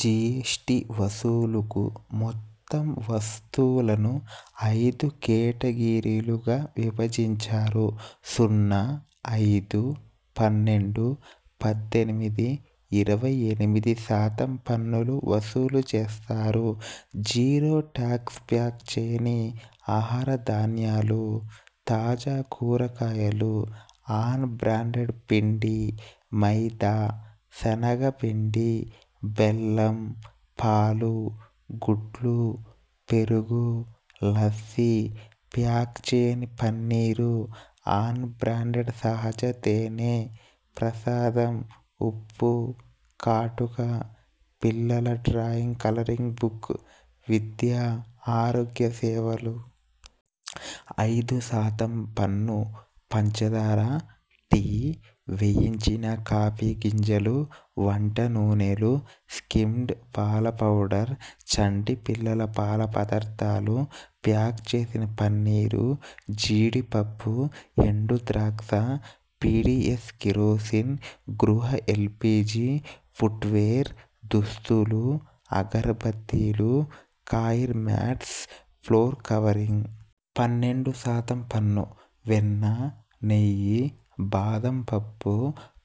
GST వసూలుకు మొత్తం వస్తువులను ఐదు కేటగిరీలుగా విభజించారు. సున్నా, ఐదు, పన్నెండు, పద్దెనిమిది, ఇరవై ఎనిమిది శాతం పన్నులు వసూలు చేస్తారు. జీరో టాక్స్ ప్యాక్ చేయని ఆహార ధాన్యాలు, తాజా కూరగాయలు, అన్ బ్రాండెడ్ పిండి, మైదా, శనగపిండి, బెల్లం, పాలు, గుడ్లు, పెరుగు, లస్సీ, ప్యాక్ చేయని పన్నీరు, అన్ బ్రాండెడ్ సహజ తేనె, ప్రసాదం, ఉప్పు, కాటుక, పిల్లల డ్రాయింగ్ కలరింగ్ బుక్, విద్య, ఆరోగ్య సేవలు. ఐదు శాతం పన్ను పంచాదార, టీ, వేయించిన కాఫీ గింజలు, వంట నూనెలు, స్కిమ్డ్ పాల పౌడర్, చంటి పిల్లల పాల పదార్థాలు, ప్యాక్ చేసిన పన్నీరు, జీడి పప్పు, ఎండు ద్రాక్ష, పీడీఎస్ కిరోసిన్, గృహ ఎల్పీజీ, ఫుట్వేర్, దుస్తులు, అగర్బత్తీలు, కాయిర్ మ్యాట్స్, ఫ్లోర్ కవరింగ్. పన్నెండు శాతం పన్ను.. వెన్న, నెయ్యి, బాదం పప్పు,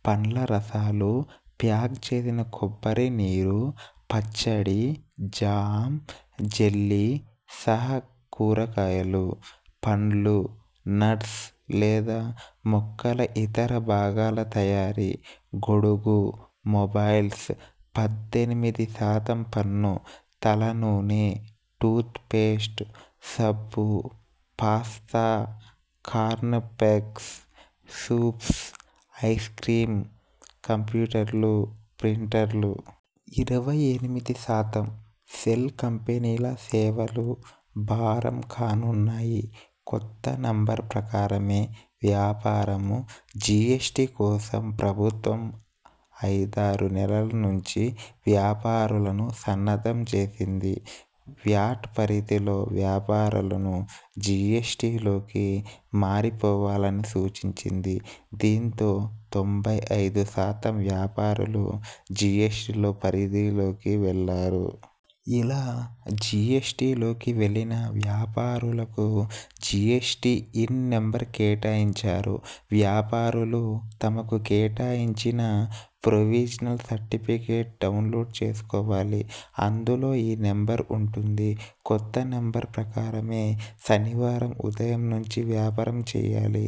పండ్లరసాలు, ప్యాక్ చేసిన కొబ్బరి నీరు, పచ్చడి, జామ్, జెల్లీ సహా కూరగాయలు, పండ్లు, నట్స్ లేదా మొక్కల ఇతర భాగాల తయారీ, గొడుగు, మొబైల్స్. పద్దెనిమిది శాతం పన్ను.. తలనూనె, టూత్ పేస్ట్, సబ్బు, pasta, corn flakes, soups, ice cream, కంప్యూటర్లు, ప్రింటర్లు. ఇరవై ఎనిమిది శాతం.. సెల్ కంపెనీల సేవలు భారం కానున్నాయి. కొత్త నంబర్ ప్రకారమే వ్యాపారం జీఎస్టీ కోసం ప్రభుత్వం ఐదారు నెలల నుంచి వ్యాపారులను సన్నద్ధం చేసింది. వ్యాట్ పరిధిలో వ్యాపారులను జీఎస్టీలోకి మారిపోవాలని సూచించింది. దీంతో తొంభై ఐదు శాతం వ్యాపారులు జీఎస్టీలో పరిధిలోకి వెళ్లారు. ఇలా జీఎస్టీలోకి వెళ్లిన వ్యాపారులకు జీఎస్టీ ఇన్ నంబర్ కేటాయించారు. వ్యాపారులు తమకు కేటాయించిన ప్రొవిజినల్ సర్టిఫికెట్ డౌన్లోడ్ చేసుకోవాలి. అందులో ఈ నంబర్ వుంటుంది. కొత్త నంబర్ ప్రకారమే శనివారం ఉదయం నుంచి వ్యాపారం చేయాలి.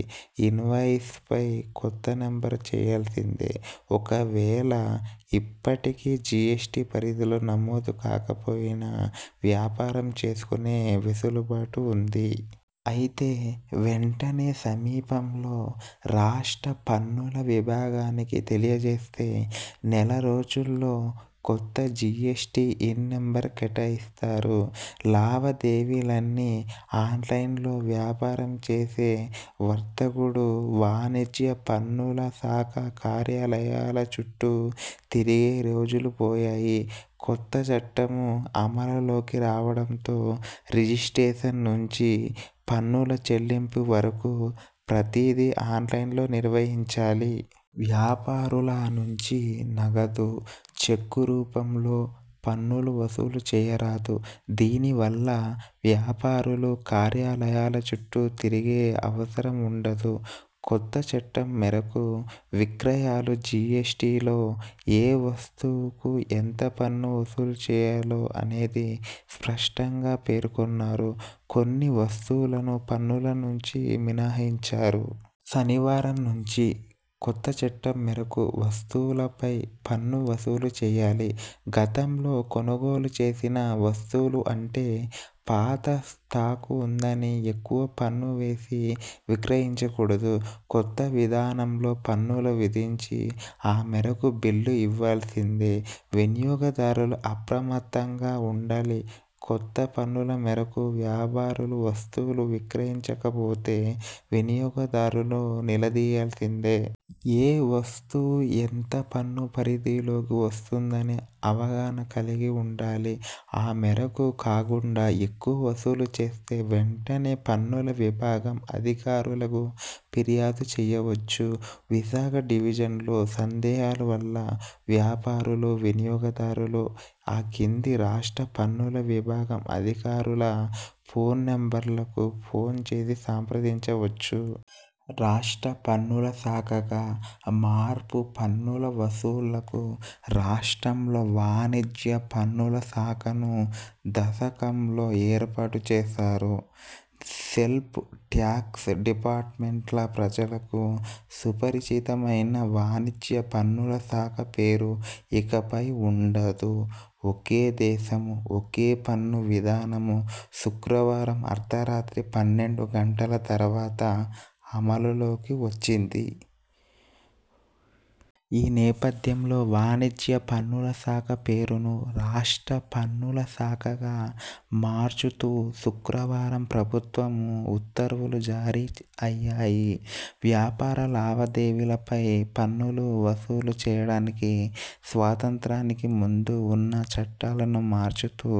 ఇన్వాయిస్ పై కొత్త నంబర్ వేయాల్సిందే. ఒకవేళ ఇప్పటికీ జీఎస్టీ పరిధిలో నమోదు కాకపోయినా వ్యాపారం చేసుకునే వెసులుబాటు వుంది. అయితే వెంటనే సమీపంలో రాష్ట్ర పన్నుల విభాగానికి తెలియజేస్తే నెల రోజుల్లో కొత్త జీఎస్టీ ఇన్ నంబరు కేటాయిస్తారు. లావాదేవీలన్నీ ఆన్లైన్లోవ్యాపారం చేసే వర్తకుడు వాణిజ్య పన్నుల శాఖ కార్యాలయాల చుట్టూ తిరిగే రోజులు పోయాయి. కొత్తచట్టం అమలులోకి రావడంతో రిజిస్ట్రేషన్ నుంచి పన్నుల చెల్లింపు వరకు ప్రతిదీ ఆన్లైన్లో నిర్వహించాలి. వ్యాపారుల నుంచి నగదు, చెక్కు రూపంలో పన్నులు వసూలు చేయరాదు. దీని వల్ల వ్యాపారులు కార్యాలయాల చుట్టూ తిరిగే అవసరం వుండదు. కొత్త చట్టం మేరకు విక్రయాలు జీఎస్టీలో ఏ వస్తువుకు ఎంత పన్ను వసూలు చేయాలో అనేది స్పష్టంగా పేర్కొన్నారు. కొన్ని వస్తువులను పన్నుల నుంచి మినహాయించారు. శనివారం నుంచి కొత్త చట్టం మేరకు వస్తువులపై పన్ను వసూలుచేయాలి. గతంలో కొనుగోలు చేసిన వస్తువులు అంటే పాత స్టాకు వుందని ఎక్కువ పన్ను వేసి విక్రయించకూడదు. కొత్త విధానంలో పన్నులు విధించి ఆ మేరకు బిల్లు ఇవ్వాల్సిందే. వినియోగదారులు అప్రమత్తంగా వుండాలికొత్త పన్నుల మేరకు వ్యాపారులు వస్తువులు విక్రయించకపోతే వినియోగదారులు నిలదీయాల్సిందే. ఏ వస్తువు ఎంత పన్ను పరిధిలోకి వస్తుందనే అవగాహన కలిగి వుండాలి. ఆ మేరకు కాకుండా ఎక్కువ వసూలు చేస్తే వెంటనే పన్నుల విభాగం అధికారులకు ఫిర్యాదు చేయవచ్చు. విశాఖ డివిజన్లో సందేహాలు వల్ల వ్యాపారులు, వినియోగదారులు ఆ కింది రాష్ట్ర పన్నుల విభాగం అధికారుల ఫోన్ నంబర్లకు ఫోన్ చేసి సంప్రదించవచ్చు. రాష్ట్ర పన్నుల శాఖగా మార్పు పన్నుల వసూళ్లకు రాష్ట్రంలో వాణిజ్య పన్నుల శాఖను దశకంలో ఏర్పాటుచేశారు. సేల్స్ ట్యాక్స్ డిపార్టుమెంట్గా ప్రజలకు సుపరిచితమైన వాణిజ్య పన్నుల శాఖ పేరు ఇకపై వుండదు. ఒకే దేశం.. ఒకే పన్ను విధానం శుక్రవారం అర్ధరాత్రి పన్నెండు గంటల తరువాత అమలులోకి వచ్చిది. ఈ నేపథ్యంలో వాణిజ్య పన్నుల శాఖ పేరును రాష్ట్ర పన్నుల శాఖగా మార్చుతూ శుక్రవారం ప్రభుత్వం ఉత్తర్వులు జారీ అయ్యాయి. వ్యాపార లావాదేవీల పై పన్నులు వసూలు చేయడానికి స్వాతంత్ర్యానికి ముందు వున్న చట్టాలను మార్చుతూ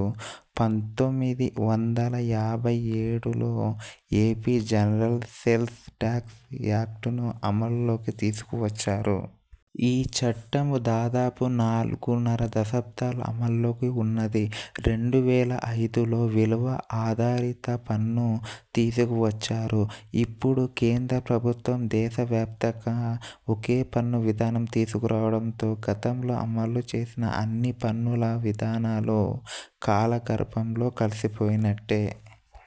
పంతొమ్మిది వందల యాభై ఏడులో ఏపీ జనరల్ సేల్స్ టాక్స్ యాక్టును అమలులోకి తీసుకువచ్చారు. ఈ చట్టం దాదాపు నాలుగున్నర దశాబ్దాలు అమలులో వున్నది. రెండు వేల ఐదులో విలువ ఆధారితపన్ను తీసుకువచ్చారు. ఇప్పుడు కేంద్ర ప్రభుత్వం దేశవ్యాప్తంగా ఒకే పన్ను విధానం తీసుకురావడంతో గతంలో అమలు చేసిన అన్ని పన్నుల విధానాలు కాలగర్భంలో కలిసిపోయినట్టే.